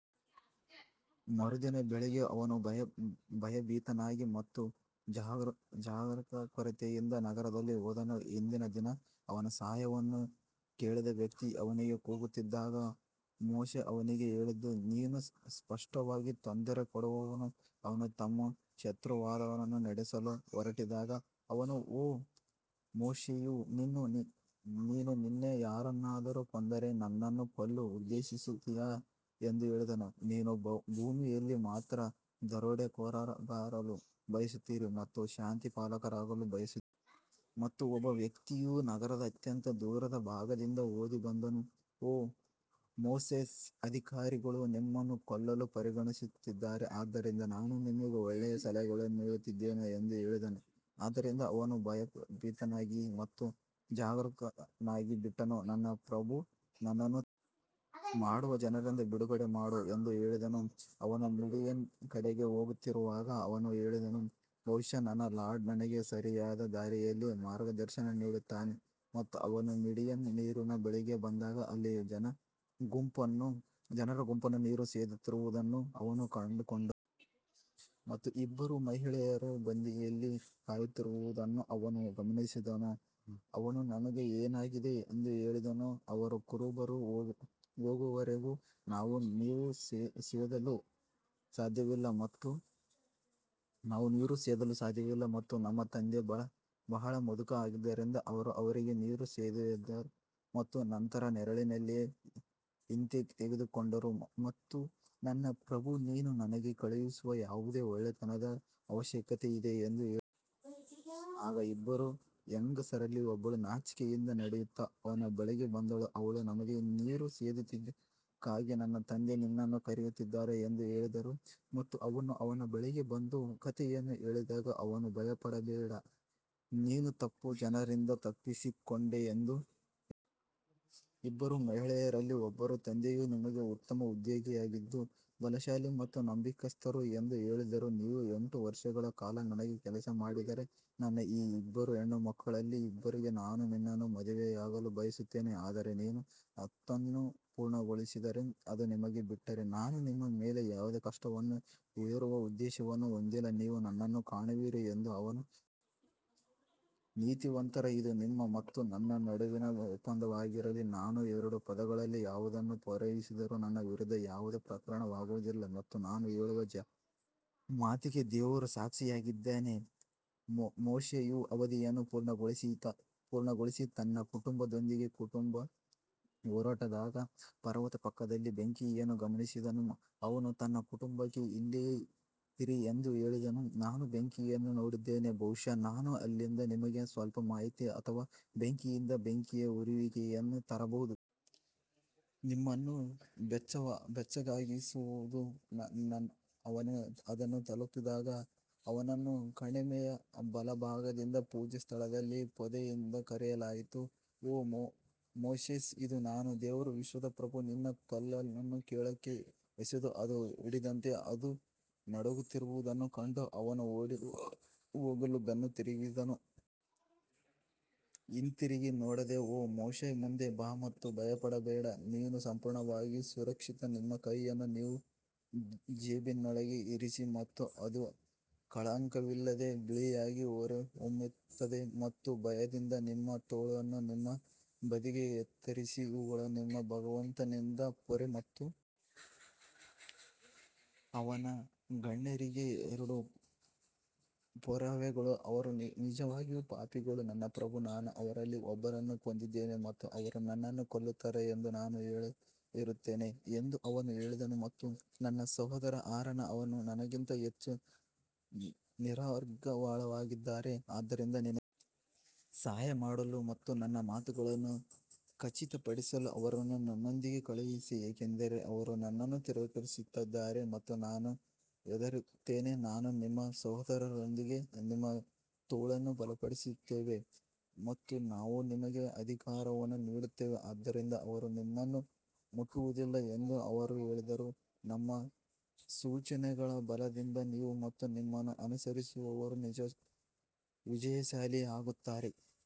ಮರುದಿನ ಬೆಳಿಗ್ಗೆ ಅವನು ಭಯಭೀತನಾಗಿ ಮತ್ತು ಜಾಗರೂಕತೆಯಿಂದ ನಗರದಲ್ಲಿ ಹೋದನು, ಹಿಂದಿನ ದಿನ ಅವನ ಸಹಾಯವನ್ನು ಕೇಳಿದ ವ್ಯಕ್ತಿ ಅವನಿಗೆ ಕೂಗುತ್ತಿದ್ದಾಗ ಮೋಶೆ ಅವನಿಗೆ ಹೇಳಿದನು, ನೀನು ಸ್ಪಷ್ಟವಾಗಿ ತೊಂದರೆ ಕೊಡುವವನು ಅವನು ತಮ್ಮ ಶತ್ರುವಾದವನನ್ನು ಹೊಡೆಯಲು ಹೊರಟಿದ್ದಾಗ ಅವನು ಓ ಮೋಶೆಯು ನೀನು ನಿನ್ನೆ ಯಾರನ್ನಾದರೂ ಕೊಂದಂತೆ ನನ್ನನ್ನು ಕೊಲ್ಲಲು ಉದ್ದೇಶಿಸುತ್ತೀಯಾ ಎಂದು ಹೇಳಿದನು, ನೀವು ಭೂಮಿಯಲ್ಲಿ ಮಾತ್ರ ದರೋಡೆಕೋರರಾಗಲು ಬಯಸುತ್ತೀರಿ ಮತ್ತು ಶಾಂತಿಪಾಲಕರಾಗಲು ಬಯಸುವುದಿಲ್ಲ. ಮತ್ತು ಒಬ್ಬ ವ್ಯಕ್ತಿಯು ನಗರದ ಅತ್ಯಂತ ದೂರದ ಭಾಗದಿಂದ ಓಡಿ ಬಂದನು, ಓ ಮೋಸೆಸ್ ಅಧಿಕಾರಿಗಳು ನಿಮ್ಮನ್ನು ಕೊಲ್ಲಲು ಪರಿಗಣಿಸುತ್ತಿದ್ದಾರೆ ಆದ್ದರಿಂದ ನಾನು ನಿಮಗೆ ಒಳ್ಳೆಯ ಸಲಹೆಯನ್ನು ನೀಡುತ್ತಿದ್ದೇನೆ ಎಂದು ಹೇಳಿದನು. ಆದ್ದರಿಂದ ಅವನು ಭಯಭೀತನಾಗಿ ಮತ್ತು ಜಾಗರೂಕನಾಗಿ ಬಿಟ್ಟನು, ನನ್ನ ಪ್ರಭು ನನ್ನನ್ನು ತಪ್ಪು ಮಾಡುವ ಜನರಿಂದ ಬಿಡುಗಡೆ ಮಾಡು ಎಂದು ಹೇಳಿದನು ಅವರು ಮೀಡಿಯನ್ ಕಡೆಗೆ ಹೋಗುತ್ತಿರುವಾಗ ಅವರು ಹೇಳಿದರು ಬಹುಶಃ ನನ್ನ ಲಾರ್ಡ್ ನನಗೆ ಸರಿಯಾದ ದಾರಿಯಲ್ಲಿ ಮಾರ್ಗದರ್ಶನ ನೀಡುತ್ತಾನೆ ಮತ್ತು ಅವನು ಮೀಡಿಯನ್ ನೀರಿನ ಬಳಿಗೆ ಬಂದಾಗ ಅಲ್ಲಿ ಜನರ ಗುಂಪನ್ನು ನೀರು ಸೇದುತ್ತಿರುವುದನ್ನು ಅವನು ಕಂಡುಕೊಂಡನು ಮತ್ತು ಇಬ್ಬರು ಮಹಿಳೆಯರು ಬದಿಯಲ್ಲಿ ಕಾಯುತ್ತಿರುವುದನ್ನು ಅವನು ಗಮನಿಸಿದನು ಅವನು ನಿಮಗೆ ಏನಾಗಿದೆ ಎಂದು ಹೇಳಿದನು ಅವರು ಕುರುಬರು ಹೋಗುವವರೆಗೂ ನಾವು ನೀರು ಸೇದಲು ಸಾಧ್ಯವಿಲ್ಲ ಮತ್ತು ನಮ್ಮ ತಂದೆ ಬಹಳ ಮುದುಕ ಆದ್ದರಿಂದ ಅವರು ಅವರಿಗೆ ನೀರು ಸೇದಿದರು ಮತ್ತು ನಂತರ ನೆರಳಿನಲ್ಲಿ ಹಿಂತೆಗೆದುಕೊಂಡರು ಮತ್ತು ನನ್ನ ಪ್ರಭೂ ನೀನು ನನಗೆ ಕಳುಹಿಸುವ ಯಾವುದೇ ಒಳ್ಳೆಯತನದ ಅವಶ್ಯಕತೆಯಿದೆ ಎಂದು ಹೇಳಿದರು. ಆಗ ಇಬ್ಬರು ಹೆಂಗಸರಲ್ಲಿ ಒಬ್ಬಳು ನಾಚಿಕೆಯಿಂದ ನಡೆಯುತ್ತಾ ಅವನ ಬಳಿಗೆ ಬಂದಳು ಅವಳು ನಮಗೆ ನೀರು ಸೇದಿದ್ದಕ್ಕಾಗಿ ನನ್ನ ತಂದೆ ನಿನ್ನನ್ನು ಕರೆಯುತ್ತಿದ್ದಾರೆ ಎಂದು ಹೇಳಿದಳು ಮತ್ತು ಅವನು ಅವನ ಬಳಿಗೆ ಬಂದು ಕಥೆಯನ್ನು ಹೇಳಿದಾಗ ಅವನು ಭಯಪಡಬೇಡ ನೀನು ತಪ್ಪು ಜನರಿಂದ ತಪ್ಪಿಸಿಕೊಂಡೆ ಎಂದು ಹೇಳಿದನು. ಇಬ್ಬರು ಮಹಿಳೆಯರಲ್ಲಿ ಒಬ್ಬರು, ತಂದೆಯು ನಿಮಗೆ ಉತ್ತಮ ಉದ್ಯೋಗಿಯಾಗಿದ್ದು, ಬಲಶಾಲಿ ಮತ್ತು ನಂಬಿಗಸ್ತರು ಎಂದು ಹೇಳಿದರು ನೀವು ಎಂಟು ವರ್ಷಗಳ ಕಾಲ ನನಗೆ ಕೆಲಸ ಮಾಡಿದರೆ ನನ್ನ ಈ ಇಬ್ಬರು ಹೆಣ್ಣುಮಕ್ಕಳಲ್ಲಿ ಒಬ್ಬರಿಗೆ ನಾನು ನಿನ್ನನ್ನು ಮದುವೆಯಾಗಲು ಬಯಸುತ್ತೇನೆ ಆದರೆ ನೀವು ಹತ್ತನ್ನು ಪೂರ್ಣಗೊಳಿಸಿದರೆ ಅದು ನಿಮಗೆ ಬಿಟ್ಟರೆ ನಾನು ನಿಮ್ಮ ಮೇಲೆ ಯಾವುದೇ ಕಷ್ಟವನ್ನು ಹೇರುವ ಉದ್ದೇಶವನ್ನು ಹೊಂದಿಲ್ಲ, ನೀವು ನನ್ನನ್ನು ಕಾಣುವಿರಿ ಎಂದು ಅವರು ಹೇಳಿದರು. ನೀತಿವಂತರ ಇದು ನಿಮ್ಮ ಮತ್ತು ನನ್ನ ನಡುವಿನ ಒಪ್ಪಂದವಾಗಿರಲಿ, ನಾನು ಎರಡು ಪದಗಳಲ್ಲಿ ಯಾವುದನ್ನು ಪೂರೈಸಿದರೂ ನನ್ನ ವಿರುದ್ಧ ಯಾವುದೇ ಪ್ರತೀಕಾರವಾಗುವುದಿಲ್ಲ ಮತ್ತು ನಾವು ಹೇಳುವ ಮಾತಿಗೆ ದೇವರು ಸಾಕ್ಷಿಯಾಗಿದ್ದಾನೆ ಮೋಶೆಯು ಅವಧಿಯನ್ನು ಪೂರ್ಣಗೊಳಿಸಿ ತನ್ನ ಕುಟುಂಬದೊಂದಿಗೆ ಹೊರಟುಹೋದಾಗ ಪರ್ವತದ ಪಕ್ಕದಲ್ಲಿ ಬೆಂಕಿಯನ್ನು ಗಮನಿಸಿದನು ಅವನು ತನ್ನ ಕುಟುಂಬಕ್ಕೆ ಇಲ್ಲಿಯೇ ಇರಿ ಎಂದು ಹೇಳಿದನು ನಾನು ಬೆಂಕಿಯನ್ನು ನೋಡಿದ್ದೇನೆ ಬಹುಶಃ ನಾನು ಅಲ್ಲಿಂದ ನಿಮಗೆ ಸ್ವಲ್ಪ ಮಾಹಿತಿ ಅಥವಾ ಬೆಂಕಿಯಿಂದ ಬೆಂಕಿಯ ಉರಿಯುವಿಕೆಯನ್ನು ತರಬಹುದು. ನಿಮ್ಮನ್ನು ಬೆಚ್ಚಗಾಗಿಸಬಹುದು ಅವನು ಅದನ್ನು ತಲುಪಿದಾಗ ಅವನನ್ನು ಕಣಿವೆಯ ಬಲಭಾಗದಿಂದ ಪೂಜ್ಯ ಸ್ಥಳದಲ್ಲಿ ಪೊದೆಯಿಂದ ಕರೆಯಲಾಯಿತು ಓ ಮೋಸೆಸ್ ಇದು ನಾನು ದೇವರು ವಿಶ್ವದ ಪ್ರಭು ನಿನ್ನ ಕೋಲನ್ನು ಕೆಳಕ್ಕೆ ಎಸೆದು, ಅದು ಹಿಡಿದಂತೆ ಅದು ನಡುಗುತ್ತಿರುವುದನ್ನು ಕಂಡ ಅವನು ಓಡಿಹೋಗಲು ಬೆನ್ನು ತಿರುಗಿಸಿದನು ಮತ್ತು ಹಿಂತಿರುಗಿ ನೋಡದೆ ಓ ಮೋಶೆ ಮುಂದೆ ಬಾ ಮತ್ತು ಭಯಪಡಬೇಡ ನೀನು ಸಂಪೂರ್ಣವಾಗಿ ಸುರಕ್ಷಿತ ನಿಮ್ಮ ಕೈಯನ್ನು ನಿಮ್ಮ ಜೇಬಿನೊಳಗೆ ಇರಿಸಿ ಮತ್ತು ಅದು ಕಳಂಕವಿಲ್ಲದೆ ಬಿಳಿಯಾಗಿ ಹೊರಹೊಮ್ಮುತ್ತದೆ ಮತ್ತು ಭಯದಿಂದ ನಿಮ್ಮ ತೋಳನ್ನು ನಿಮ್ಮ ಬದಿಗೆ ಒತ್ತಿರಿ ಇವುಗಳು ನಿಮ್ಮ ಭಗವಂತನಿಂದ ಫೇರೋ ಮತ್ತು ಅವನ ಗಣ್ಯರಿಗೆ ಎರಡು ಪುರಾವೆಗಳು ಅವರು ನಿಜವಾಗಿಯೂ ಪಾಪಿಗಳು ನನ್ನ ಪ್ರಭು ನಾನು ಅವರಲ್ಲಿ ಒಬ್ಬನನ್ನು ಕೊಂದಿದ್ದೇನೆ ಮತ್ತು ಅವರು ನನ್ನನ್ನು ಕೊಲ್ಲುತ್ತಾರೆ ಎಂದು ನಾನು ಹೆದರುತ್ತೇನೆ ಎಂದು ಅವನು ಹೇಳಿದನು ಮತ್ತು ನನ್ನ ಸಹೋದರ ಆರನ್ ಅವರು ನನಗಿಂತ ಹೆಚ್ಚು ನಿರರ್ಗಳವಾಗಿದ್ದಾರೆ ಆದ್ದರಿಂದ ನನಗೆ ಸಹಾಯ ಮಾಡಲು ಮತ್ತು ನನ್ನ ಮಾತುಗಳನ್ನು ಖಚಿತಪಡಿಸಲು ಅವರನ್ನು ನನ್ನೊಂದಿಗೆ ಕಳುಹಿಸಿ ಏಕೆಂದರೆ ಅವರು ನನ್ನನ್ನು ತಿರಸ್ಕರಿಸುತ್ತಾರೆ ಎಂದು ನಾನು ಹೆದರುತ್ತೇನೆ ನಾವು ನಿಮ್ಮ ಸಹೋದರನೊಂದಿಗೆ ನಿಮ್ಮ ತೋಳನ್ನು ಬಲಪಡಿಸುತ್ತೇವೆ ಮತ್ತು ನಾವು ನಿಮಗೆ ಅಧಿಕಾರವನ್ನು ನೀಡುತ್ತೇವೆ ಆದ್ದರಿಂದ ಅವರು ನಿಮ್ಮನ್ನು ಮುಟ್ಟುವುದಿಲ್ಲ ಎಂದು ಅವರು ಹೇಳಿದರು, ನಮ್ಮ ಸೂಚನೆಗಳ ಬಲದಿಂದ ನೀವು ಮತ್ತು ನಿಮ್ಮನ್ನು ಅನುಸರಿಸುವವರು ವಿಜಯಶಾಲಿಯಾಗುತ್ತಾರೆ.